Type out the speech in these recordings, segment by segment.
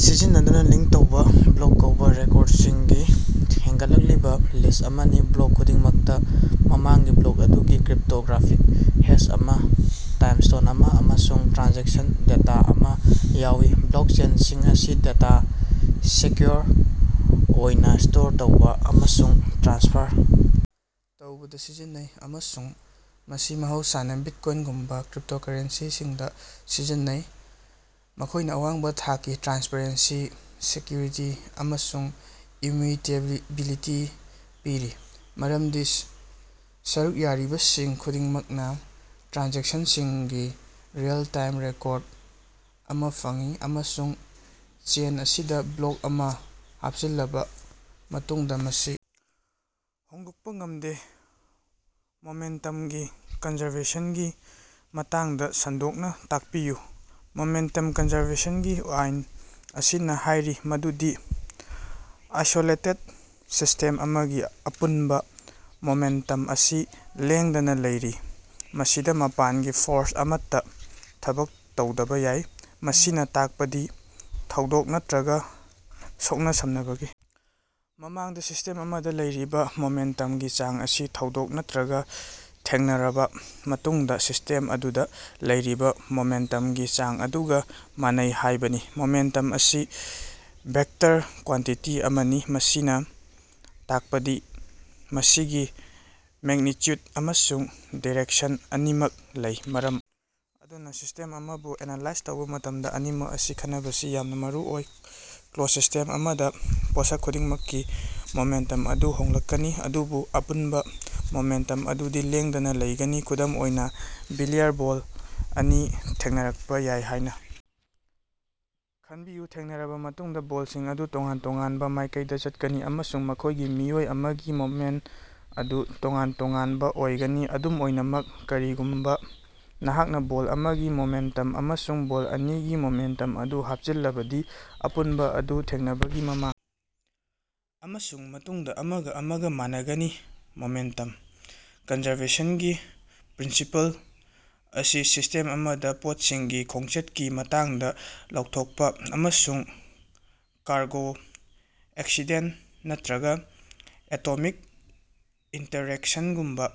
ꯁꯤꯖꯤꯟꯅꯗꯨꯅꯥ ꯂꯤꯡꯀ ꯇꯧꯕꯥ ꯕ꯭ꯂꯣꯛ ꯀꯧꯕꯥ ꯔꯦꯀꯣꯔꯗꯁꯤꯡꯒꯤ ꯍꯦꯟꯒꯠꯂꯛꯂꯤꯕꯥ ꯂꯤꯁ ꯑꯃꯅꯤ꯫ ꯕ꯭ꯂꯣꯛ ꯈꯨꯗꯤꯡꯃꯛꯇꯥ ꯃꯃꯥꯡꯒꯤ ꯕ꯭ꯂꯣꯛ ꯑꯗꯨꯒꯤ ꯀ꯭ꯔꯤꯞꯇꯣꯒ꯭ꯔꯥꯐꯤꯛ ꯍꯦꯁ ꯑꯃꯥ, ꯇꯥꯏꯝꯁ꯭ꯇꯦꯝ ꯑꯃꯥ ꯑꯃꯁꯨꯡ ꯇ꯭ꯔꯥꯟꯖꯦꯛꯁꯟ ꯗꯦꯇꯥ ꯑꯃꯥ ꯌꯥꯎꯏ꯫ ꯕ꯭ꯂꯣꯛꯆꯦꯟꯁꯤꯡ ꯑꯁꯤ ꯗꯦꯇꯥ ꯁꯦꯀ꯭ꯌꯨꯑꯣꯔ ꯑꯣꯏꯅꯥ ꯁ꯭ꯇꯣꯔ ꯇꯧꯕꯥ ꯑꯃꯁꯨꯡ ꯇ꯭ꯔꯥꯟꯁꯐꯔ ꯇꯧꯕꯗꯥ ꯁꯤꯖꯤꯟꯅꯩ ꯑꯃꯁꯨꯡ ꯃꯁꯤ ꯃꯍꯧꯁꯥꯅꯥ ꯕꯤꯠꯀꯣꯏꯟꯒꯨꯝꯕꯥ ꯀ꯭ꯔꯤꯞꯇꯣꯀꯔꯦꯟꯁꯤꯁꯤꯡꯗꯥ ꯁꯤꯖꯤꯟꯅꯩ꯫ ꯃꯈꯣꯏꯅꯥ ꯑꯋꯥꯡꯕꯥ ꯊꯥꯛꯀꯤ ꯇ꯭ꯔꯥꯟꯁꯄꯔꯦꯟꯁꯤ, ꯁꯦꯀ꯭ꯌꯨꯔꯤꯇꯤ ꯑꯃꯁꯨꯡ ꯏꯝꯃ꯭ꯌꯨꯇꯦꯕꯤꯂꯤꯇꯤ ꯄꯤꯔꯤ, ꯃꯔꯝꯗꯤ ꯁꯔꯨꯛ ꯌꯥꯔꯤꯕꯁꯤꯡ ꯈꯨꯗꯤꯡꯃꯛꯅꯥ ꯇ꯭ꯔꯥꯟꯖꯦꯛꯁꯟꯁꯤꯡꯒꯤ ꯔꯤꯑꯦꯜ-ꯇꯥꯏꯝ ꯔꯦꯀꯣꯔꯗ ꯑꯃꯥ ꯐꯪꯏ ꯑꯃꯁꯨꯡ ꯆꯦꯟ ꯑꯁꯤꯗꯥ ꯕ꯭ꯂꯣꯛ ꯑꯃꯥ ꯍꯥꯞꯆꯤꯜꯂꯕꯥ ꯃꯇꯨꯡꯗꯥ ꯃꯁꯤ ꯍꯣꯡꯗꯣꯛꯄꯥ ꯉꯝꯗꯦ꯫ ꯃꯣꯃꯦꯟꯇꯝꯒꯤ ꯀꯟꯖꯔꯕꯦꯁꯟꯒꯤ ꯃꯇꯥꯡꯗꯥ ꯁꯟꯗꯣꯛꯅꯥ ꯇꯥꯛꯄꯤꯌꯨ꯫ ꯃꯣꯃꯦꯟꯇꯝ ꯀꯟꯖꯔꯕꯦꯁꯟꯒꯤ ꯑꯥꯏꯟ ꯑꯁꯤꯅꯥ ꯍꯥꯏꯔꯤ ꯃꯗꯨꯗꯤ ꯑꯥꯏꯁꯣꯂꯦꯇꯦꯗ ꯁꯤꯁꯇꯦꯝ ꯑꯃꯒꯤ ꯑꯄꯨꯟꯕꯥ ꯃꯣꯃꯦꯟꯇꯝ ꯑꯁꯤ ꯂꯦꯡꯗꯅꯥ ꯂꯩꯔꯤ, ꯃꯁꯤꯗꯥ ꯃꯄꯥꯟꯒꯤ ꯐꯣꯔꯁ ꯑꯃꯠꯇꯥ ꯊꯕꯛ ꯇꯧꯗꯕꯥ ꯌꯥꯏ꯫ ꯃꯁꯤꯅꯥ ꯇꯥꯛꯄꯗꯤ ꯊꯧꯗꯣꯛ ꯅꯠꯇ꯭ꯔꯒꯥ ꯁꯣꯛꯅ-ꯁꯝꯅꯕꯒꯤ ꯃꯃꯥꯡꯗꯥ ꯁꯤꯁꯇꯦꯝ ꯑꯃꯗꯥ ꯂꯩꯔꯤꯕꯥ ꯃꯣꯃꯦꯟꯇꯝꯒꯤ ꯆꯥꯡ ꯑꯁꯤ ꯊꯧꯗꯣꯛ ꯅꯠꯇ꯭ꯔꯒꯥ ꯊꯦꯡꯅꯔꯕꯥ ꯃꯇꯨꯡꯗꯥ ꯁꯤꯁꯇꯦꯝ ꯑꯗꯨꯗꯥ ꯂꯩꯔꯤꯕꯥ ꯃꯣꯃꯦꯟꯇꯝꯒꯤ ꯆꯥꯡ ꯑꯗꯨꯒꯥ ꯃꯥꯟꯅꯩ ꯍꯥꯏꯕꯅꯤ꯫ ꯃꯣꯃꯦꯟꯇꯝ ꯑꯁꯤ ꯚꯦꯛꯇꯔ ꯀ꯭ꯋꯥꯟꯇꯤꯇꯤ ꯑꯃꯅꯤ, ꯃꯁꯤꯅꯥ ꯇꯥꯛꯄꯗꯤ ꯃꯁꯤꯒꯤ ꯃꯦꯛꯅꯤꯆ꯭ꯌꯨꯠ ꯑꯃꯁꯨꯡ ꯗꯤꯔꯦꯛꯁꯟ ꯑꯅꯤꯃꯛ ꯂꯩ, ꯃꯔꯝ ꯑꯗꯨꯅꯥ ꯁꯤꯁꯇꯦꯝ ꯑꯃꯕꯨ ꯑꯦꯅꯥꯂꯥꯏꯖ ꯇꯧꯕꯥ ꯃꯇꯝꯗꯥ ꯑꯅꯤꯃꯛ ꯑꯁꯤ ꯈꯟꯅꯕꯁꯤ ꯌꯥꯝꯅꯥ ꯃꯔꯨꯑꯣꯏ꯫ ꯀ꯭ꯂꯣꯖꯗ ꯁꯤꯁꯇꯦꯝ ꯑꯃꯗꯥ, ꯄꯣꯠꯁꯛ ꯈꯨꯗꯤꯡꯃꯛꯀꯤ ꯃꯣꯃꯦꯟꯇꯝ ꯑꯗꯨ ꯍꯣꯡꯂꯛꯀꯅꯤ, ꯑꯗꯨꯕꯨ ꯑꯄꯨꯟꯕꯥ ꯃꯣꯃꯦꯟꯇꯝ ꯑꯗꯨꯗꯤ ꯂꯦꯡꯗꯅꯥ ꯂꯩꯒꯅꯤ꯫ ꯈꯨꯗꯝ ꯑꯣꯏꯅꯥ, ꯕꯤꯂꯤꯌꯔ ꯕꯣꯜ ꯑꯅꯤ ꯊꯦꯡꯅꯔꯛꯄꯥ ꯌꯥꯏ ꯍꯥꯏꯅꯥ ꯈꯟꯕꯤꯌꯨ꯫ ꯊꯦꯡꯅꯔꯕꯥ ꯃꯇꯨꯡꯗꯥ, ꯕꯣꯜꯁꯤꯡ ꯑꯗꯨ ꯇꯣꯉꯥꯟ-ꯇꯣꯉꯥꯟꯕ ꯃꯥꯏꯀꯩꯗꯥ ꯆꯠꯀꯅꯤ ꯑꯃꯁꯨꯡ ꯃꯈꯣꯏꯒꯤ ꯃꯤꯑꯣꯏ ꯑꯃꯒꯤ ꯃꯣꯃꯦꯟꯇ ꯑꯗꯨ ꯇꯣꯉꯥꯟ-ꯇꯣꯉꯥꯟꯕ ꯑꯣꯏꯒꯅꯤ꯫ ꯑꯗꯨꯝ ꯑꯣꯏꯅꯃꯛ, ꯀꯔꯤꯒꯨꯝꯕꯥ ꯅꯍꯥꯛꯅꯥ ꯕꯣꯜ ꯑꯃꯒꯤ ꯃꯣꯃꯦꯟꯇꯝ ꯑꯃꯁꯨꯡ ꯕꯣꯜ ꯑꯅꯤꯒꯤ ꯃꯣꯃꯦꯟꯇꯝ ꯑꯗꯨ ꯍꯥꯞꯆꯤꯜꯂꯕꯗꯤ, ꯑꯄꯨꯟꯕꯥ ꯑꯗꯨ ꯊꯦꯡꯅꯕꯒꯤ ꯃꯃꯥꯡ ꯑꯃꯁꯨꯡ ꯃꯇꯨꯡꯗꯥ ꯑꯃꯒꯥ ꯑꯃꯒꯥ ꯃꯥꯟꯅꯒꯅꯤ꯫ ꯃꯣꯃꯦꯟꯇꯝ ꯀꯟꯖꯔꯕꯦꯁꯟꯒꯤ ꯄ꯭ꯔꯤꯟꯁꯤꯄꯜ ꯑꯁꯤ ꯁꯤꯁꯇꯦꯝ ꯑꯃꯗꯥ ꯄꯣꯠꯁꯤꯡꯒꯤ ꯈꯣꯡꯆꯠꯀꯤ ꯃꯇꯥꯡꯗꯥ ꯂꯥꯎꯊꯣꯛꯄꯥ ꯑꯃꯁꯨꯡ ꯀꯥꯔꯒꯣ ꯑꯦꯛꯁꯤꯗꯦꯟꯇ ꯅꯠꯇ꯭ꯔꯒꯥ ꯑꯦꯇꯣꯃꯤꯛ ꯏꯟꯇꯔꯦꯛꯁꯟꯒꯨꯝꯕꯥ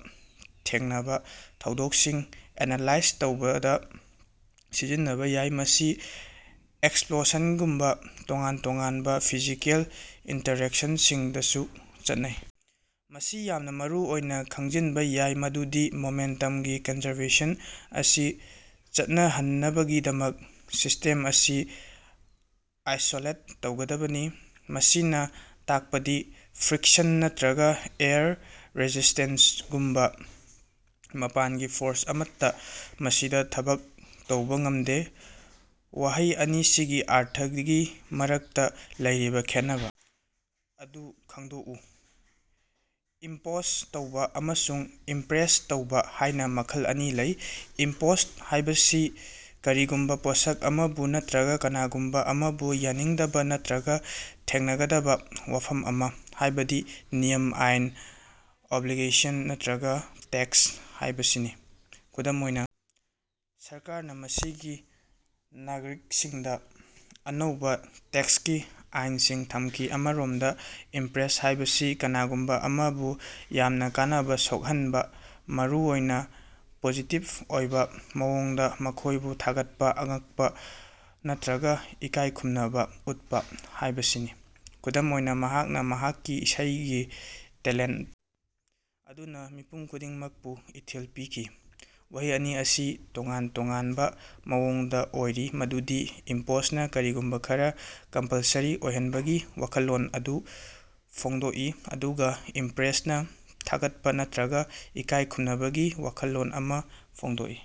ꯊꯦꯡꯅꯕꯥ ꯊꯧꯗꯣꯛꯁꯤꯡ ꯑꯦꯅꯥꯂꯥꯏꯖ ꯇꯧꯕꯗꯥ ꯁꯤꯖꯤꯟꯅꯕꯥ ꯌꯥꯏ꯫ ꯃꯁꯤ ꯑꯦꯛꯁꯄ꯭ꯂꯣꯁꯟꯒꯨꯝꯕꯥ ꯇꯣꯉꯥꯟ-ꯇꯣꯉꯥꯟꯕꯥ ꯐꯤꯖꯤꯀꯦꯜ ꯏꯟꯇꯔꯦꯛꯁꯟꯁꯤꯡꯗꯁꯨ ꯆꯠꯅꯩ꯫ ꯃꯁꯤ ꯌꯥꯝꯅꯥ ꯃꯔꯨꯑꯣꯏꯅꯥ ꯈꯪꯖꯤꯟꯕꯥ ꯌꯥꯏ ꯃꯗꯨꯗꯤ ꯃꯣꯃꯦꯟꯇꯝꯒꯤ ꯀꯟꯖꯔꯕꯦꯁꯟ ꯑꯁꯤ ꯆꯠꯅꯍꯟꯅꯕꯒꯤꯗꯃꯛ, ꯁꯤꯁꯇꯦꯝ ꯑꯁꯤ ꯑꯥꯏꯁꯣꯂꯦꯠ ꯇꯧꯒꯗꯕꯅꯤ, ꯃꯁꯤꯅꯥ ꯇꯥꯛꯄꯗꯤ ꯐ꯭ꯔꯤꯛꯁꯟ ꯅꯠꯇ꯭ꯔꯒꯥ ꯑꯦꯌꯔ ꯔꯦꯁꯤꯁꯇꯦꯟꯁꯒꯨꯝꯕꯥ ꯃꯄꯥꯟꯒꯤ ꯐꯣꯔꯁ ꯑꯃꯠꯇꯥ ꯃꯁꯤꯗꯥ ꯊꯕꯛ ꯇꯧꯕꯥ ꯉꯝꯗꯦ꯫ ꯋꯥꯍꯩ ꯑꯅꯤꯁꯤꯒꯤ ꯑꯔꯊꯒꯤ ꯃꯔꯛꯇꯥ ꯂꯩꯔꯤꯕꯥ ꯈꯦꯟꯅꯕꯥ ꯑꯗꯨ ꯈꯪꯗꯣꯛꯎ꯫ ꯏꯝꯄꯣꯖ ꯇꯧꯕꯥ ꯑꯃꯁꯨꯡ ꯏꯝꯄ꯭ꯔꯦꯁ ꯇꯧꯕꯥ ꯍꯥꯏꯅ ꯃꯈꯜ ꯑꯅꯤ ꯂꯩ꯫ ꯏꯝꯄꯣꯖ ꯍꯥꯏꯕꯁꯤ ꯀꯔꯤꯒꯨꯝꯕꯥ ꯄꯣꯠꯁꯛ ꯑꯃꯕꯨ ꯅꯠꯇ꯭ꯔꯒꯥ ꯀꯅꯥꯒꯨꯝꯕꯥ ꯑꯃꯕꯨ ꯌꯥꯅꯤꯡꯗꯕꯥ ꯅꯠꯇ꯭ꯔꯒꯥ ꯊꯦꯡꯅꯒꯗꯕꯥ ꯋꯥꯐꯝ ꯑꯃꯥ, ꯍꯥꯏꯕꯗꯤ ꯅꯤꯌꯝ, ꯑꯥꯏꯟ, ꯑꯣꯕ꯭ꯂꯤꯒꯦꯁꯟ ꯅꯠꯇ꯭ꯔꯒꯥ ꯇꯦꯛꯁ ꯍꯥꯏꯕꯁꯤꯅꯤ꯫ ꯈꯨꯗꯝ ꯑꯣꯏꯅꯥ, ꯁꯔꯀꯥꯔꯅꯥ ꯃꯁꯤꯒꯤ ꯅꯥꯒꯔꯤꯛꯁꯤꯡꯗꯥ ꯑꯅꯧꯕꯥ ꯇꯦꯛꯁꯀꯤ ꯑꯥꯏꯟꯁꯤꯡ ꯊꯝꯈꯤ꯫ ꯑꯃꯔꯣꯝꯗꯥ, ꯏꯝꯄ꯭ꯔꯦꯁ ꯍꯥꯏꯕꯁꯤ ꯀꯅꯥꯒꯨꯝꯕꯥ ꯑꯃꯕꯨ ꯌꯥꯝꯅꯥ ꯀꯥꯟꯅꯕ ꯁꯣꯛꯍꯟꯕꯥ, ꯃꯔꯨꯑꯣꯏꯅꯥ ꯄꯣꯖꯤꯇꯤꯚ ꯑꯣꯏꯕꯥ ꯃꯑꯣꯡꯗꯥ, ꯃꯈꯣꯏꯕꯨ ꯊꯥꯒꯠꯄꯥ, ꯑꯉꯛꯄꯥ ꯅꯠꯇ꯭ꯔꯒꯥ ꯏꯀꯥꯏ ꯈꯨꯝꯅꯕꯥ ꯎꯠꯄꯥ ꯍꯥꯏꯕꯁꯤꯅꯤ꯫ ꯈꯨꯗꯝ ꯑꯣꯏꯅꯥ, ꯃꯍꯥꯛꯅꯥ ꯃꯍꯥꯛꯀꯤ ꯏꯁꯩꯒꯤ ꯇꯦꯂꯦꯟꯇ ꯑꯗꯨꯅꯥ ꯃꯤꯄꯨꯝ ꯈꯨꯗꯤꯡꯃꯛꯄꯨ ꯏꯊꯤꯜ ꯄꯤꯈꯤ꯫ ꯋꯥꯍꯩ ꯑꯅꯤ ꯑꯁꯤ ꯇꯣꯉꯥꯟ ꯇꯣꯉꯥꯟꯕ ꯃꯑꯣꯡꯗꯥ ꯑꯣꯏꯔꯤ ꯃꯗꯨꯗꯤ ꯏꯝꯄꯣꯖꯅꯥ ꯀꯔꯤꯒꯨꯝꯕꯥ ꯈꯔꯥ ꯀꯝꯄꯜꯁꯔꯤ ꯑꯣꯏꯍꯟꯕꯒꯤ ꯋꯥꯈꯜꯂꯣꯟ ꯑꯗꯨ ꯐꯣꯡꯗꯣꯛꯏ ꯑꯗꯨꯒꯥ ꯏꯝꯄ꯭ꯔꯦꯁꯅꯥ ꯊꯥꯒꯠꯄꯥ ꯅꯠꯇ꯭ꯔꯒꯥ ꯏꯀꯥꯏ ꯈꯨꯝꯅꯕꯒꯤ ꯋꯥꯈꯜꯂꯣꯟ ꯑꯃꯥ ꯐꯣꯡꯗꯣꯛꯏ꯫